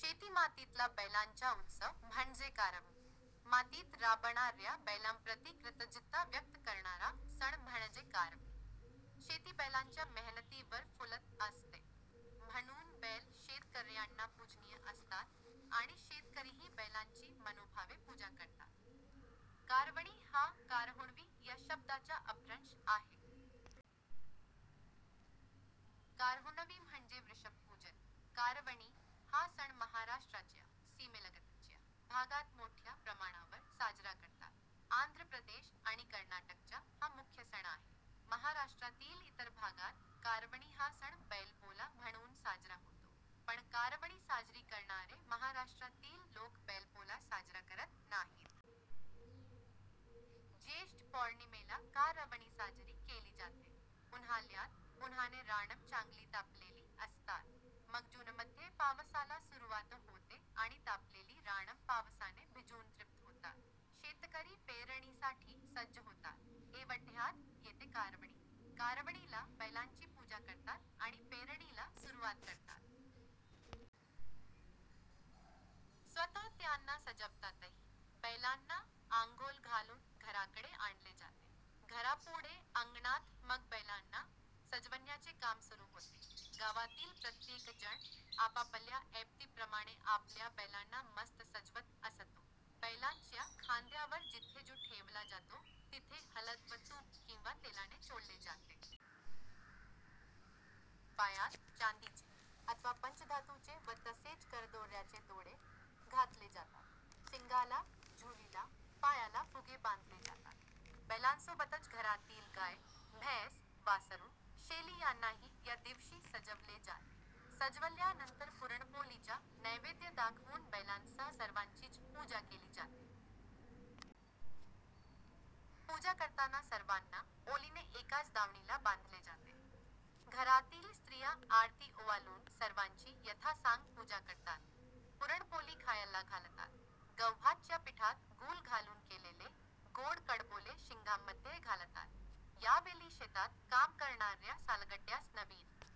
शेती-मातीतला बैलांचा उत्सव म्हणजे कारवनी. मातीत राबणाऱ्या बैलांप्रती कृतज्ञता व्यक्त करणारा सण म्हणजे कारवनी. शेती बैलांच्या मेहनतीवर फुलत असते. म्हणून बैल शेतकऱ्यांना पूजनीय असतात आणि शेतकरीही बैलांची मनोभावे पूजा करतात. 'कारवनी' हा 'कारहुणवी' या शब्दाचा अपभ्रंश आहे. कारहुणवी म्हणजे वृषभपूजन. कारवनी हा सण महाराष्ट्राच्या सीमेलगतच्या भागात मोठ्या प्रमाणावर साजरा करतात. आंध्र प्रदेश आणि कर्नाटकचा हा मुख्य सण आहे. महाराष्ट्रातील इतर भागात कारवनी हा सण 'बैलपोळा' म्हणून साजरा होतो. पण कारवनी साजरी करणारे महाराष्ट्रातील लोक बैलपोळा साजरा करत नाहीत. ज्येष्ठ पौर्णिमेला कारवनी साजरी केली जाते. उन्हाळ्यात उन्हाने रानं चांगली तापलेली असतात. मग जूनमध्ये पावसाला सुरुवात होते आणि तापलेली रानं पावसाने भिजून तृप्त होतात. शेतकरी पेरणीसाठी सज्ज होतात. एवढ्यात येते कारवनी. कारवनीला बैलांची पूजा करतात आणि पेरणीला सुरुवात करतात. स्वतः त्यांना सजवतातही. बैलांना आंघोळ घालून घराकडे आणले जाते. घरापुढे अंगणात मग बैलांना सजवण्याचे काम सुरू होते. गावातील प्रत्येक जण आपापल्या ऐपतीप्रमाणे आपल्या बैलांना मस्त सजवत असतो. बैलांच्या खांद्यावर जिथे जू ठेवला जातो तिथे हळद व तूप किंवा तेलाने चोळले जाते. पायात चांदीचे अथवा पंचधातूचे व तसेच करदोऱ्याचे तोडे घातले जातात. शिंगाला, झूलीला, पायाला फुगे बांधले जातात. बैलांसोबतच घरातील गाय, म्हैस, वासरू, शेळी यांनाही या दिवशी सजवले जाते. सजवल्यानंतर पुरणपोळीचा नैवेद्य दाखवून बैलांसह सर्वांचीच पूजा केली जाते. पूजा करताना सर्वांना ओळीने एकाच दावणीला बांधले जाते. घरातील स्त्रिया आरती ओवाळून सर्वांची यथासांग पूजा करतात. पुरणपोळी खायला घालतात. गव्हाच्या पिठात गूळ घालून केलेले गोड कडबोळे शिंगांमध्ये घालतात. यावेळी शेतात काम करणाऱ्या सालगड्यास नवीन